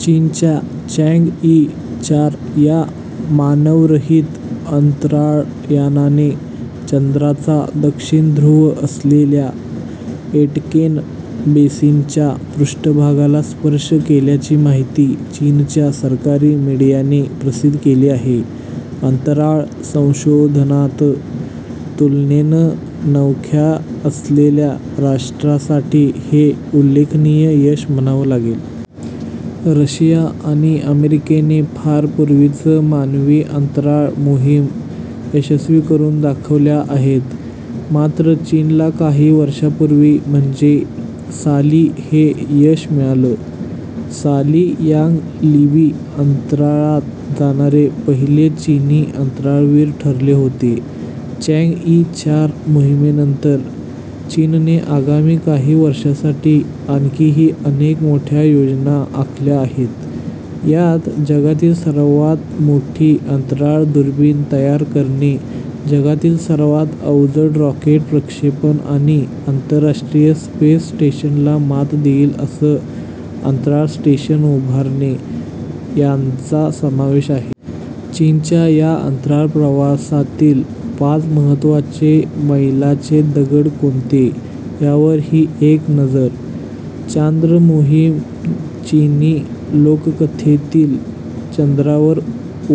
चीनच्या Chang'e चार या मानवरहित अंतराळयानाने चंद्राचा दक्षिण ध्रुव असलेल्या ऐटकेन बेसिनच्या पृष्ठभागाला स्पर्श केल्याची माहिती चीनच्या सरकारी मीडियाने प्रसिद्ध केली आहे. अंतराळ संशोधनात तुलनेनं नवख्या असलेल्या राष्ट्रासाठी हे उल्लेखनीय यश म्हणावं लागेल. रशिया आणि अमेरिकेने फार पूर्वीच मानवी अंतराळ मोहीम यशस्वी करून दाखवल्या आहेत. मात्र चीनला काही वर्षांपूर्वी म्हणजे साली हे यश मिळालं. साली यांग लिवी अंतराळात जाणारे पहिले चिनी अंतराळवीर ठरले होते. चँग ई चार मोहिमेनंतर चीनने आगामी काही वर्षांसाठी आणखीही अनेक मोठ्या योजना आखल्या आहेत यात जगातील सर्वांत मोठी अंतराळ दुर्बीण तयार करणे, जगातील सर्वांत अवजड रॉकेट प्रक्षेपण आणि आंतरराष्ट्रीय स्पेस स्टेशनला मात देईल, असं अंतराळ स्टेशन उभारणे यांचा समावेश आहे. चीनच्या या अंतराळ प्रवासातील पाच महत्त्वाचे मैलाचे दगड कोणते, यावर ही एक नजर. चांद्र मोहीम चिनी लोककथेतील चंद्रावर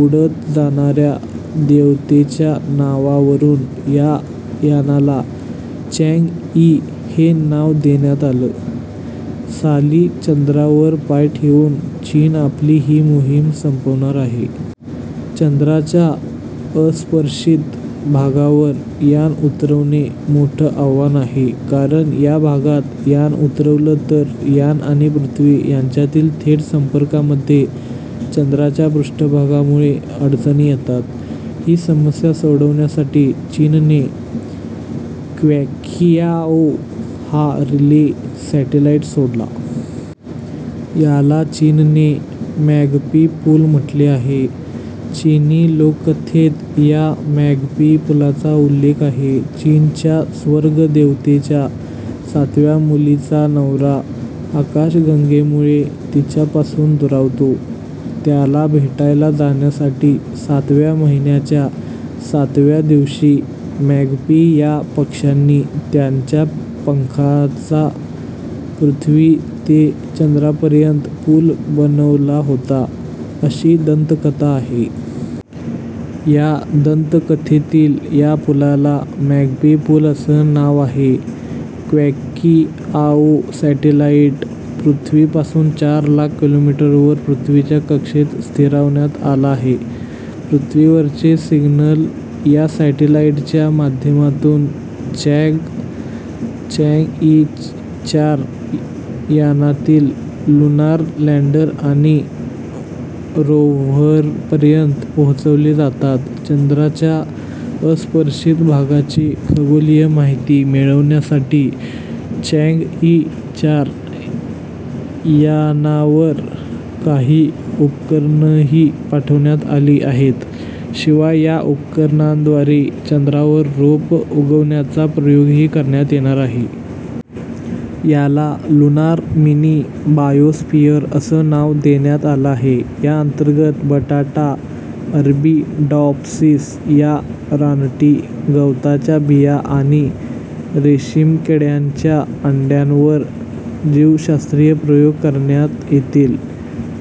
उडत जाणाऱ्या देवतेच्या नावावरून या यानाला चँग ई हे नाव देण्यात आलं. साली चंद्रावर पाय ठेवून चीन आपली ही मोहीम संपवणार आहे. चंद्राच्या अस्पर्शित भागावर यान उतरवणे मोठं आव्हान आहे. कारण या भागात यान उतरवलं तर यान आणि पृथ्वी यांच्यातील थेट संपर्कामध्ये चंद्राच्या पृष्ठभागामुळे अडचणी येतात. ही समस्या सोडवण्यासाठी चीनने क्वँकिआओ हा रिले सॅटेलाईट सोडला. याला चीनने मॅगपी पूल म्हटले आहे. चिनी लोककथेत या मॅगपी पुलाचा उल्लेख आहे. चीनच्या स्वर्ग देवतेच्या सातव्या मुलीचा नवरा आकाशगंगेमुळे तिच्यापासून दुरावतो. त्याला भेटायला जाण्यासाठी सातव्या महिन्याच्या सातव्या दिवशी मॅगपी या पक्षांनी त्यांच्या पंखांचा पृथ्वी ते चंद्रापर्यंत पूल बनवला होता, अशी दंतकथा आहे. या दंतकथेतील या पुलाला मॅगपी पूल असं नाव आहे. क्वँकिआओ सॅटेलाईट पृथ्वीपासून चार लाख किलोमीटरवर पृथ्वीच्या कक्षेत स्थिरावण्यात आला आहे. पृथ्वीवरचे सिग्नल या सॅटेलाईटच्या माध्यमातून चँग ई चार यानातील लूनार लँडर आणि रोव्हरपर्यंत पोहचवले जातात चंद्राच्या अस्पर्शित भागाची खगोलीय माहिती मिळवण्यासाठी चँग ई चार यानावर काही उपकरणंही पाठवण्यात आली आहेत शिवाय या उपकरणांद्वारे चंद्रावर रोप उगवण्याचा प्रयोगही करण्यात येणार आहे. याला लुनार मिनी बायोस्फिअर असं नाव देण्यात आलं आहे. याअंतर्गत बटाटा, अरबीडॉप्सिस या रानटी गवताच्या बिया आणि रेशीमकिड्यांच्या अंड्यांवर जीवशास्त्रीय प्रयोग करण्यात येतील.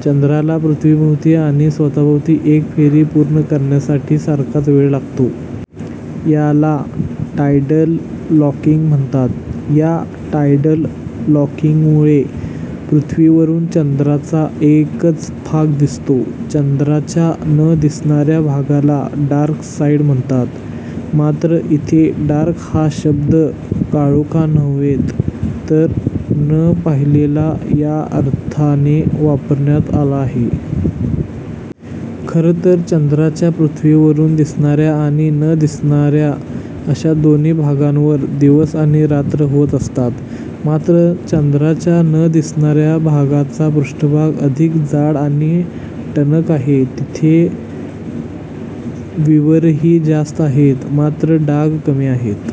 चंद्राला पृथ्वीभोवती आणि स्वतःभोवती एक फेरी पूर्ण करण्यासाठी सारखाच वेळ लागतो. याला टायडल लॉकिंग म्हणतात. या टायडल लॉकिंगमुळे पृथ्वीवरून चंद्राचा एकच भाग दिसतो. चंद्राच्या न दिसणाऱ्या भागाला डार्क साईड म्हणतात. मात्र इथे डार्क हा शब्द काळोखा नव्हेत तर न पाहिलेला या अर्थाने वापरण्यात आला आहे. खरंतर चंद्राच्या पृथ्वीवरून दिसणाऱ्या आणि न दिसणाऱ्या अशा दोन्ही भागांवर दिवस आणि रात्र होत असतात. मात्र चंद्राच्या न दिसणाऱ्या भागाचा पृष्ठभाग अधिक जाड आणि टणक आहे. तिथे विवरंही जास्त आहेत. मात्र डाग कमी आहेत.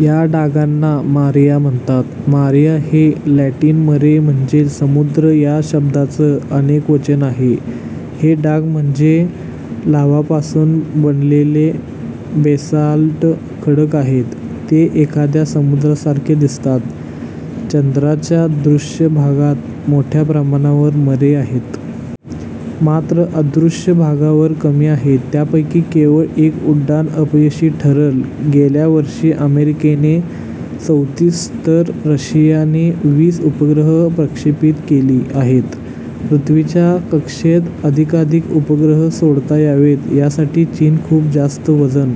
या डागांना मारिया म्हणतात. मारिया हे लॅटिन मरे म्हणजेच समुद्र या शब्दाचं अनेकवचन आहे. हे डाग म्हणजे लाव्हापासून बनलेले बेसाल्ट खडक आहेत. ते एखाद्या समुद्रासारखे दिसतात. चंद्राच्या दृश्य भागात मोठ्या प्रमाणावर मरे आहेत. मात्र अदृश्य भागावर कमी आहेत. त्यापैकी केवळ एक उड्डाण अपयशी ठरलं. गेल्या वर्षी अमेरिकेने चौतीस तर रशियाने वीस उपग्रह प्रक्षेपित केली आहेत पृथ्वीच्या कक्षेत अधिकाधिक उपग्रह सोडता यावेत, यासाठी चीन खूप जास्त वजन